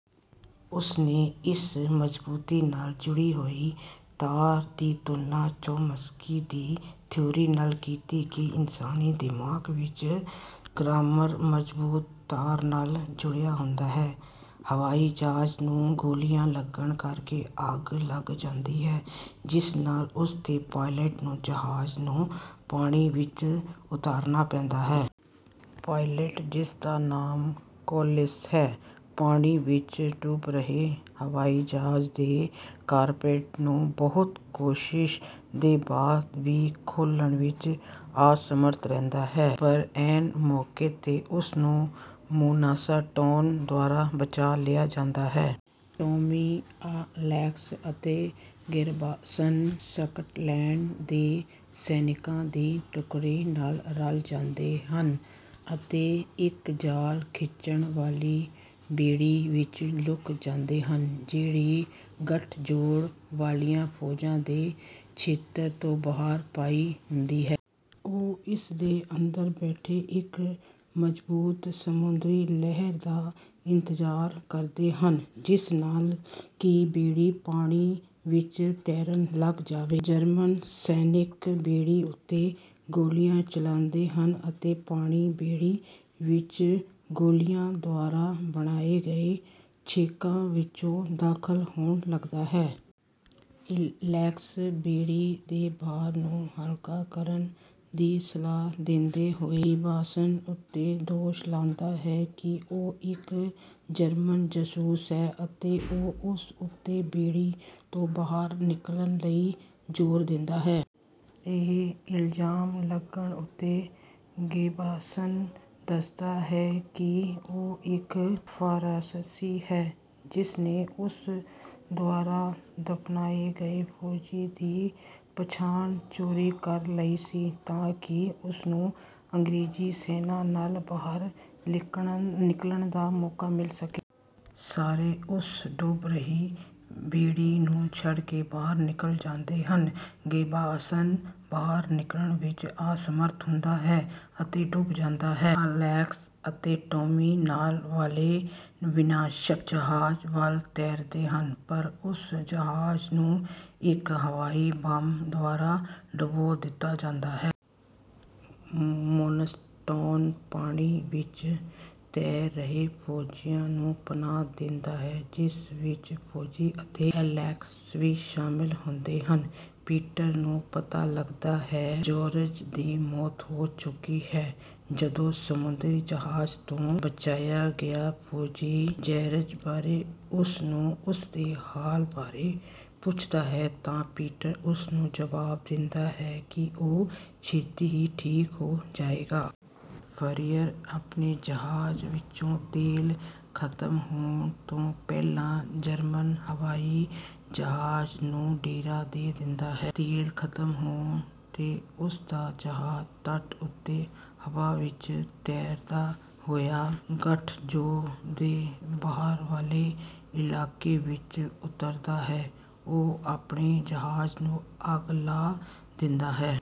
ਉਸਨੇ ਇਸ ਮਜ਼ਬੂਤੀ ਨਾਲ ਜੁੜੀ ਹੋਈ ਤਾਰ ਦੀ ਤੁਲਨਾ ਚੋਮਸਕੀ ਦੀ ਥਿਊਰੀ ਨਾਲ ਕੀਤੀ ਕਿ ਇਨਸਾਨੀ ਦਿਮਾਗਾਂ ਵਿੱਚ ਗਰਾਮਰ ਮਜ਼ਬੂਤ ਤਾਰ ਨਾਲ ਜੁੜਿਆ ਹੁੰਦਾ ਹੈ। ਹਵਾਈ ਜਹਾਜ਼ ਨੂੰ ਗੋਲੀਆਂ ਲੱਗਣ ਕਰਕੇ ਅੱਗ ਲੱਗ ਜਾਂਦੀ ਹੈ ਜਿਸ ਨਾਲ ਉਸਦੇ ਪਾਇਲਟ ਨੂੰ ਜਹਾਜ਼ ਨੂੰ ਪਾਣੀ ਵਿੱਚ ਉਤਾਰਨਾ ਪੈਂਦਾ ਹੈ। ਪਾਇਲਟ ਜਿਸਦਾ ਨਾਮ ਕੌਲਿੰਸ ਹੈ ਪਾਣੀ ਵਿੱਚ ਡੁੱਬ ਰਹੇ ਹਵਾਈ ਜਹਾਜ਼ ਦੇ ਕਾਕਪਿੱਟ ਨੂੰ ਬਹੁਤ ਕੋਸ਼ਿਸ਼ਾਂ ਦੇ ਬਾਅਦ ਵੀ ਖੋਲ੍ਹਣ ਵਿੱਚ ਅਸਮਰੱਥ ਰਹਿੰਦਾ ਹੈ ਪਰ ਐਨ ਮੌਕੇ ਤੇ ਉਸਨੂੰ ਮੂਨਸਟੋਨ ਦੁਆਰਾ ਬਚਾ ਲਿਆ ਜਾਂਦਾ ਹੈ। ਟੌਮੀ ਐਲੇਕਸ ਅਤੇ ਗਿਬਸਨ ਸਕਾਟਲੈਂਡ ਦੇ ਸੈਨਿਕਾਂ ਦੀ ਟੁਕੜੀ ਨਾਲ ਰਲ ਜਾਂਦੇ ਹਨ ਅਤੇ ਇੱਕ ਜਾਲ ਖਿੱਚਣ ਵਾਲੀ ਬੇੜੀ ਵਿੱਚ ਲੁਕ ਜਾਂਦੇ ਹਨ ਜਿਹੜੀ ਗਠਜੋੜ ਵਾਲੀਆਂ ਫੌਜਾਂ ਦੇ ਖੇਤਰ ਤੋਂ ਬਾਹਰ ਪਈ ਹੁੰਦੀ ਹੈ। ਉਹ ਇਸਦੇ ਅੰਦਰ ਬੈਠੇ ਇੱਕ ਮਜ਼ਬੂਤ ਸਮੁੰਦਰੀ ਲਹਿਰ ਦਾ ਇੰਤਜ਼ਾਰ ਕਰਦੇ ਹਨ ਜਿਸ ਨਾਲ ਕਿ ਬੇੜੀ ਪਾਣੀ ਵਿੱਚ ਤੈਰਨ ਲੱਗ ਜਾਵੇ। ਜਰਮਨ ਸੈਨਿਕ ਬੇੜੀ ਉੱਤੇ ਗੋਲੀਆਂ ਚਲਾਉਂਦੇ ਹਨ ਅਤੇ ਪਾਣੀ ਬੇੜੀ ਵਿੱਚ ਗੋਲੀਆਂ ਦੁਆਰਾ ਬਣਾਏ ਗਏ ਛੇਕਾਂ ਵਿੱਚੋਂ ਦਾਖਲ ਹੋਣ ਲੱਗਦਾ ਹੈ। ਐਲੇਕਸ ਬੇੜੀ ਦੇ ਭਾਰ ਨੂੰ ਹਲਕਾ ਕਰਨ ਦੀ ਸਲਾਹ ਦਿੰਦੇ ਹੋਏ ਗਿਬਸਨ ਉੱਤੇ ਦੋਸ਼ ਲਾਉਂਦਾ ਹੈ ਕਿ ਉਹ ਇੱਕ ਜਰਮਨ ਜਾਸੂਸ ਹੈ ਅਤੇ ਉਹ ਉਸ ਉੱਤੇ ਬੇੜੀ ਤੋਂ ਬਾਹਰ ਨਿਕਲਣ ਲਈ ਜ਼ੋਰ ਦਿੰਦਾ ਹੈ। ਇਹ ਇਲਜ਼ਾਮ ਲੱਗਣ ਉੱਤੇ ਗਿਬਸਨ ਦੱਸਦਾ ਹੈ ਕਿ ਉਹ ਇੱਕ ਫਰਾਂਸੀਸੀ ਹੈ ਜਿਸਨੇ ਉਸ ਦੁਆਰਾ ਦਫਨਾਏ ਗਏ ਫੌਜੀ ਦੀ ਪਛਾਣ ਚੋਰੀ ਕਰ ਲਈ ਸੀ ਤਾਂ ਕਿ ਉਸਨੂੰ ਅੰਗਰੇਜ਼ੀ ਸੈਨਾ ਨਾਲ ਬਾਹਰ ਨਿਕਲਣ ਦਾ ਮੌਕਾ ਮਿਲ ਸਕੇ। ਸਾਰੇ ਉਸ ਡੁੱਬ ਰਹੀ ਬੇੜੀ ਨੂੰ ਛੱਡ ਕੇ ਬਾਹਰ ਨਿਕਲ ਜਾਂਦੇ ਹਨ। ਗਿਬਸਨ ਬਾਹਰ ਨਿਕਲਣ ਵਿੱਚ ਅਸਮਰੱਥ ਹੁੰਦਾ ਹੈ ਅਤੇ ਡੁੱਬ ਜਾਂਦਾ ਹੈ। ਐਲੇਕਸ ਅਤੇ ਟੌਮੀ ਨਾਲ ਵਾਲੇ ਵਿਨਾਸ਼ਕ ਜਹਾਜ਼ ਵੱਲ ਤੈਰਦੇ ਹਨ ਪਰ ਉਸ ਜਹਾਜ਼ ਨੂੰ ਇੱਕ ਹਵਾਈ ਬੰਬ ਦੁਆਰਾ ਡੁਬੋ ਦਿੱਤਾ ਜਾਂਦਾ ਹੈ। ਮੂਨਸਟੋਨ ਪਾਣੀ ਵਿੱਚ ਤੈਰ ਰਹੇ ਫੌਜੀਆਂ ਨੂੰ ਪਨਾਹ ਦਿੰਦਾ ਹੈ ਜਿਸ ਵਿੱਚ ਟੌਮੀ ਅਤੇ ਐਲੇਕਸ ਵੀ ਸ਼ਾਮਿਲ ਹੁੰਦੇ ਹਨ। ਪੀਟਰ ਨੂੰ ਪਤਾ ਲੱਗਦਾ ਹੈ ਜੌਰਜ ਦੀ ਮੌਤ ਹੋ ਚੁੱਕੀ ਹੈ ਜਦੋਂ ਸਮੁੰਦਰੀ ਜਹਾਜ਼ ਤੋਂ ਬਚਾਇਆ ਗਿਆ ਫੌਜੀ ਜੌਰਜ ਬਾਰੇ ਉਸਨੂੰ ਉਸਦੇ ਹਾਲ ਬਾਰੇ ਪੁੱਛਦਾ ਹੈ ਤਾਂ ਪੀਟਰ ਉਸਨੂੰ ਜਵਾਬ ਦਿੰਦਾ ਹੈ ਕਿ ਉਹ ਛੇਤੀ ਹੀ ਠੀਕ ਹੋ ਜਾਵੇਗਾ। ਫਾਰੀਅਰ ਆਪਣੇ ਜਹਾਜ਼ ਵਿੱਚੋਂ ਤੇਲ ਖਤਮ ਹੋਣ ਤੋਂ ਪਹਿਲਾਂ ਜਰਮਨ ਹਵਾਈ ਜਹਾਜ਼ ਨੂੰ ਡੇਗ ਦਿੰਦਾ ਹੈ। ਤੇਲ ਖਤਮ ਹੋਣ ਤੇ ਉਸਦਾ ਜਹਾਜ਼ ਤਟ ਉੱਤੇ ਹਵਾ ਵਿੱਚ ਤੈਰਦਾ ਹੋਇਆ ਗਠਜੋੜ ਦੇ ਬਾਹਰ ਵਾਲੇ ਇਲਾਕੇ ਵਿੱਚ ਉੱਤਰਦਾ ਹੈ। ਉਹ ਆਪਣੇ ਜਹਾਜ਼ ਨੂੰ ਅੱਗ ਲਾ ਦਿੰਦਾ ਹੈ